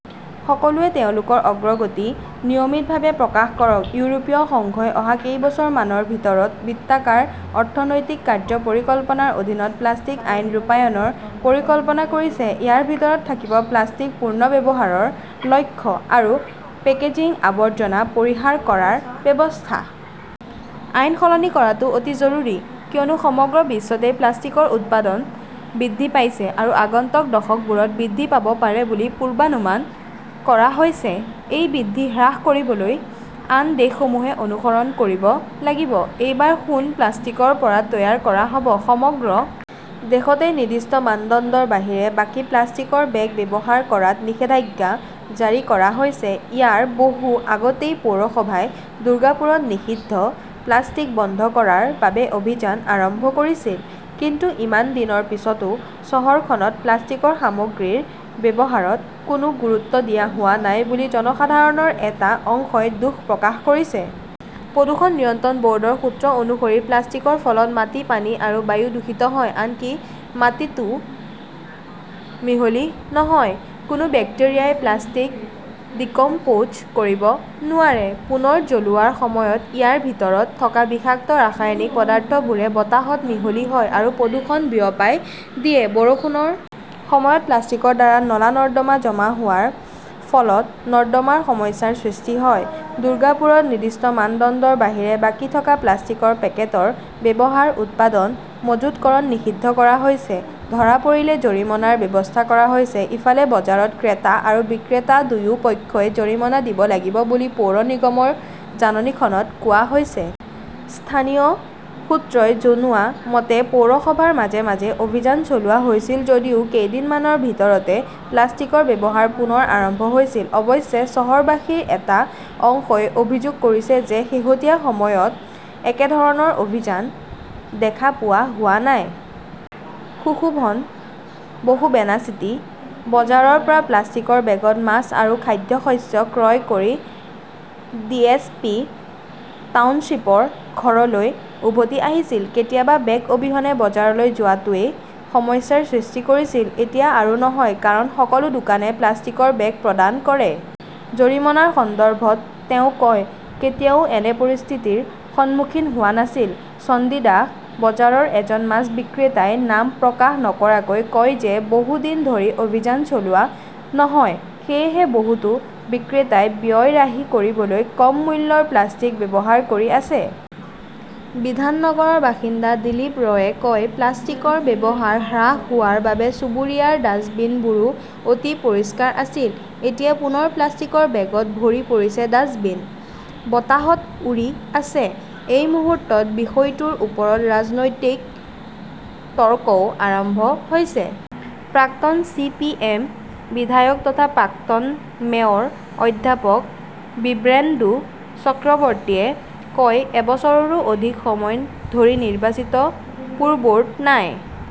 সকলোৱে তেওঁলোকৰ অগ্ৰগতি নিয়মিতভাৱে প্ৰকাশ কৰক। ইউৰোপীয় সংঘই অহা কেইবছৰমানৰ ভিতৰত বৃত্তাকাৰ অৰ্থনৈতিক কাৰ্য্য পৰিকল্পনাৰ অধীনত প্লাষ্টিক আইন ৰূপায়ণৰ পৰিকল্পনা কৰিছে। ইয়াৰ ভিতৰত থাকিব প্লাষ্টিক পুনৰ্ব্যৱহাৰৰ লক্ষ্য আৰু পেকেজিং আৱৰ্জনা পৰিহাৰ কৰাৰ ব্যৱস্থা। আইন সলনি কৰাটো অতি জৰুৰী। কিয়নো সমগ্ৰ বিশ্বতে প্লাষ্টিকৰ উৎপাদন বৃদ্ধি পাইছে আৰু আগন্তুক দশকবোৰত বৃদ্ধি পাব পাৰে বুলি পূৰ্বানুমান কৰা হৈছে। এই বৃদ্ধি হ্ৰাস কৰিবলৈ আন দেশসমূহে অনুসৰণ কৰিব লাগিব। এইবাৰ সোণ প্লাষ্টিকৰ পৰা তৈয়াৰ কৰা হ'ব! সমগ্ৰ দেশতে নিৰ্দিষ্ট মানদণ্ডৰ বাহিৰে বাকী প্লাষ্টিকৰ বেগ ব্যৱহাৰ কৰাত নিষেধাজ্ঞা জাৰি কৰা হৈছে। ইয়াৰ বহু আগতেই পৌৰসভাই দুৰ্গাপুৰত নিষিদ্ধ প্লাষ্টিক বন্ধ কৰাৰ বাবে অভিযান আৰম্ভ কৰিছিল। কিন্তু ইমান দিনৰ পিছতো চহৰখনত প্লাষ্টিকৰ সামগ্ৰীৰ ব্যৱহাৰত কোনো গুৰুত্ব দিয়া হোৱা নাই বুলি জনসাধাৰণৰ এটা অংশই দুখ প্ৰকাশ কৰিছে। প্ৰদূষণ নিয়ন্ত্ৰণ ব'ৰ্ডৰ সূত্ৰ অনুসৰি প্লাষ্টিকৰ ফলত মাটি, পানী আৰু বায়ু দূষিত হয়। আনকি মাটিতো মিহলি নহয়। কোনো বেক্টেৰিয়াই প্লাষ্টিক 'ডিকম্প'জ' কৰিব নোৱাৰে। পুনৰ জ্বলোৱাৰ সময়ত ইয়াৰ ভিতৰত থকা বিষাক্ত ৰাসায়নিক পদাৰ্থবোৰে বতাহত মিহলি হয় আৰু প্ৰদূষণ বিয়পাই দিয়ে। বৰষুণৰ সময়ত প্লাষ্টিকৰ দ্বাৰা নলা-নৰ্দমা জমা হোৱাৰ ফলত নৰ্দমাৰ সমস্যাৰ সৃষ্টি হয়। দুৰ্গাপুৰত নিৰ্দিষ্ট মানদণ্ডৰ বাহিৰে বাকী থকা প্লাষ্টিকৰ পেকেটৰ ব্যৱহাৰ, উৎপাদন, মজুতকৰণ নিষিদ্ধ কৰা হৈছে। ধৰা পৰিলে জৰিমনাৰ ব্যৱস্থা কৰা হৈছে। ইফালে, বজাৰত ক্ৰেতা আৰু বিক্ৰেতা দুয়ো পক্ষই জৰিমনা দিব লাগিব বুলি পৌৰ নিগমৰ জাননীখনত কোৱা হৈছে। স্থানীয় সূত্ৰই জনোৱা মতে, পৌৰসভাৰ মাজে মাজে অভিযান চলোৱা হৈছিল যদিও কেইদিনমানৰ ভিতৰতে প্লাষ্টিকৰ ব্যৱহাৰ পুনৰ আৰম্ভ হৈছিল! অৱশ্যে, চহৰবাসীৰ এটা অংশই অভিযোগ কৰিছে যে শেহতীয়া সময়ত একেধৰণৰ অভিযান দেখা পোৱা হোৱা নাই। সুশোভন বসু বেনাচিটি বজাৰৰ পৰা প্লাষ্টিকৰ বেগত মাছ আৰু খাদ্যশস্য ক্ৰয় কৰি ডিএছপি টাউনশ্বিপৰ ঘৰলৈ উভতি আহিছিল।"কেতিয়াবা বেগ অবিহনে বজাৰলৈ যোৱাটোৱে সমস্যাৰ সৃষ্টি কৰিছিল।"এতিয়া আৰু নহয়। কাৰণ, সকলো দোকানে প্লাষ্টিকৰ বেগ প্ৰদান কৰে। "জৰিমনাৰ সন্দৰ্ভত তেওঁ কয়", "কেতিয়াও এনে পৰিস্থিতিৰ সন্মুখীন হোৱা নাছিল। " "চণ্ডীদাস বজাৰৰ এজন মাছ বিক্ৰেতাই নাম প্ৰকাশ নকৰাকৈ কয় যে বহু দিন ধৰি অভিযান চলোৱা নহয়।" সেয়েহে, বহুতো বিক্ৰেতাই ব্যয় ৰাহি কৰিবলৈ কম মূল্যৰ প্লাষ্টিক ব্যৱহাৰ কৰি আছে। বিধাননগৰৰ বাসিন্দা দিলীপ ৰয়ে কয়, "প্লাষ্টিকৰ ব্যৱহাৰ হ্ৰাস হোৱাৰ বাবে চুবুৰীয়াৰ ডাষ্টবিন বোৰো অতি পৰিষ্কাৰ আছিল। এতিয়া পুনৰ প্লাষ্টিকৰ বেগত ভৰি পৰিছে ডাষ্টবিন। বতাহত উৰি আছে। "এই মুহূৰ্তত, বিষয়টোৰ ওপৰত ৰাজনৈতিক তৰ্কও আৰম্ভ হৈছে। প্ৰাক্তন চি. পি. এম. বিধায়ক তথা প্ৰাক্তন মেয়ৰ অধ্যাপক বিব্ৰেন্দু চক্ৰৱৰ্তীয়ে কয়, "এবছৰৰো অধিক সময় ধৰি নিৰ্বাচিত পুৰব'ৰ্ড নাই।